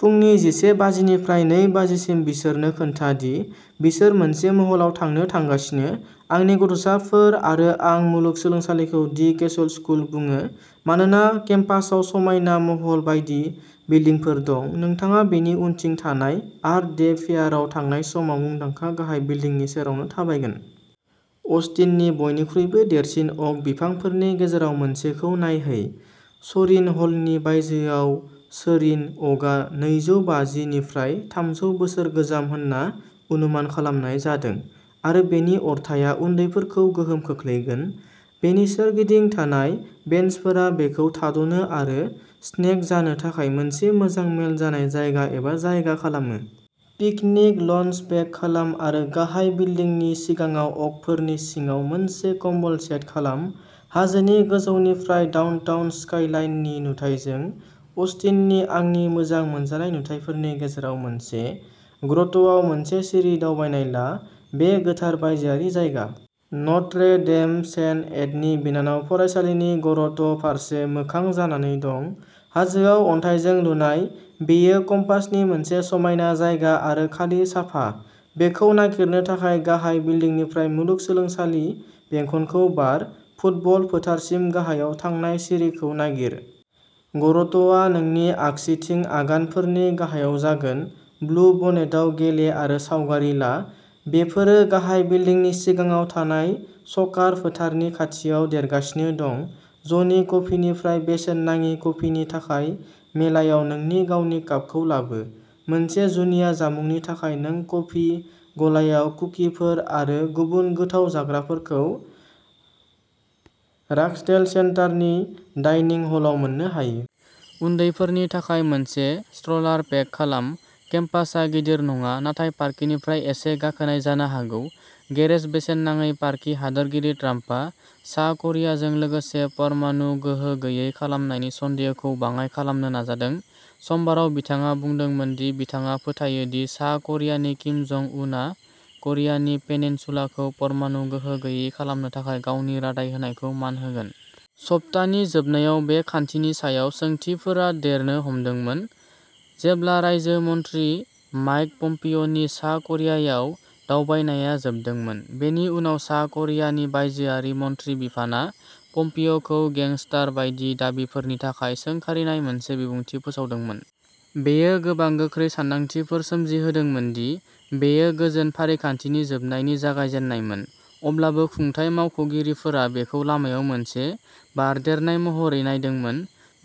फुंनि जिसे बाजिनिफ्राय नै बाजिसिम बिसोरनो खोन्था दि बिसोर मोनसे महलाव थांनो थांगासिनो, आंनि गथ'साफोर आरो आं मुलुगसोलोंसालिखौ "दि केसल स्कुल" बुङो मानोना केम्पासआव समायना महल बायदि बिल्डिंफोर दं। नोंथाङा बेनि उनथिं थानाय आर्थ डे फेयाराव थांनाय समाव मुंदांखा गाहाय बिल्डिंनि सेरावनो थाबायगोन। अस्टिननि बयनिख्रुइबो देरसिन अक बिफांफोरनि गेजेराव मोनसेखौ नायहै। सरिन हलनि बायजोआव सोरिन अकआ नैजौ बाजि निफ्राइ थामजौ बोसोर गोजाम होनना अनुमान खालामनाय जादों आरो बेनि अरथाइया उन्दैफोरखौ गोहोम खोख्लैगोन। बेनि सोरगिदिं थानाय बेन्चफोरा बेखौ थाद'नो आरो स्नेक जानो थाखाय मोनसे मोजां मेल जानाय जायगा एबा जायगा खालामो। पिकनिक लञ्च पेक खालाम आरो गाहाय बिल्दिंनि सिगाङाव अकफोरनि सिङाव मोनसे कम्बल सेट खालाम, हाजोनि गोजौनिफ्राय डाउनटाउन स्काइलाइननि नुथायजों। अस्टिननि आंनि मोजां मोनजानाय नुथायफोरनि गेजेराव मोनसे। ग्र'ट'आव मोनसे सिरि दावबायनाय ला। बे गोथार बायजोआरि जायगा। नट्रे डेम, सेन्ट एडनि बिनानाव फरायसालिनि गर'ट' फारसे मोखां जानानै दं। हाजोआव अन्थाइजों लुनाय, बेयो कम्पासनि मोनसे समायना जायगा आरो खालि साफा। बेखौ नागिरनो थाखाय गाहाय बिल्दिंनिफ्राय मुलुगसोलोंसालि बेंखनखौ बार। फुटबल फोथारसिम गाहायाव थांनाय सिरिखौ नागिर। गर'ट'आ नोंनि आगसिथिं आगानफोरनि गाहायाव जागोन। ब्लु-बनेटआव गेले आरो सावगारि ला, बेफोरो गाहाय बिल्दिंनि सिगाङाव थानाय स'कार फोथारनि खाथियाव देरगासिनो दं। ज'नि कफिनिफ्राय बेसेन नाङि कफिनि थाखाय मेलायाव नोंनि गावनि कापखौ लाबो। मोनसे जुनिया जामुंनि थाखाय नों कफि गलायाव कुकिफोर आरो गुबुन गोथाव जाग्राफोरखौ राग्सडेल सेन्टारनि डाइनिं हलाव मोननो हायो। उन्दैफोरनि थाखाय मोनसे स्ट्र'लार पेक खालाम। केम्पासआ गिदिर नङा, नाथाय पार्किनिफ्राय इसे गाखोनाय जानो हागौ। गेरेज, बेसेन नाङै पार्कि। हादोरगिरि ट्राम्पआ सा करियाजों लोगोसे परमाणु गोहो गैयै खालामनायनि सन्देहखौ बाङाइ खालामनो नाजादों। समबाराव बिथाङा बुंदोंमोन दि बिथाङा फोथायो दि सा करियानि किम जं उनआ क'रियानि पेनिनसुलाखौ परमाणु गोहो गैयै खालामनो थाखाय गावनि रादाय होनायखौ मान होगोन। सप्तानि जोबनायाव बे खान्थिनि सायाव सोंथिफोरा देरनो हमदोंमोन, जेब्ला रायजो मन्थ्रि माइक पम्पिय'नि सा करियायाव दावबायनाया जोबदोंमोन। बेनि उनाव सा करियानि बायजोआरि मन्थ्रि बिफाना पम्पिय'खौ गेंस्टार बायदि दाबिफोरनि थाखाय सोंखारिनाय मोनसे बिबुंथि फोसावदोंमोन। बेयो गोबां गोख्रै सान्दांथिफोर सोमजिहोदोंमोन दि बेयो गोजोन फारिखान्थिनि जोबनायनि जागायजेन्नायमोन। अब्लाबो खुंथाय मावख'गिरिफोरा बेखौ लामायाव मोनसे बारदेरनाय महरै नायदोंमोन।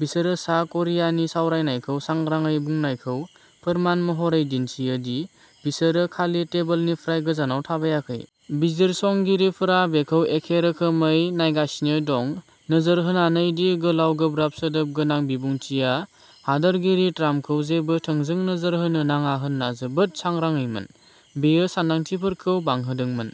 बिसोरो सा करियानि सावरायनायखौ सांग्राङै बुंनायखौ फोरमान महरै दिन्थियो दि बिसोरो खालि टेबोलनिफ्राय गोजानाव थाबायाखै। बिजिरसंगिरिफोरा बेखौ एखे रोखोमै नायगासिनो दं, नोजोर होनानै दि गोलाव, गोब्राब सोदोब गोनां बिबुंथिआ हादोरगिरि ट्राम्पखौ जेबो थोंजों नोजोर होनो नाङा होनना जोबोद सांग्राङैमोन। बेयो सान्दांथिफोरखौ बांहोदोंमोन।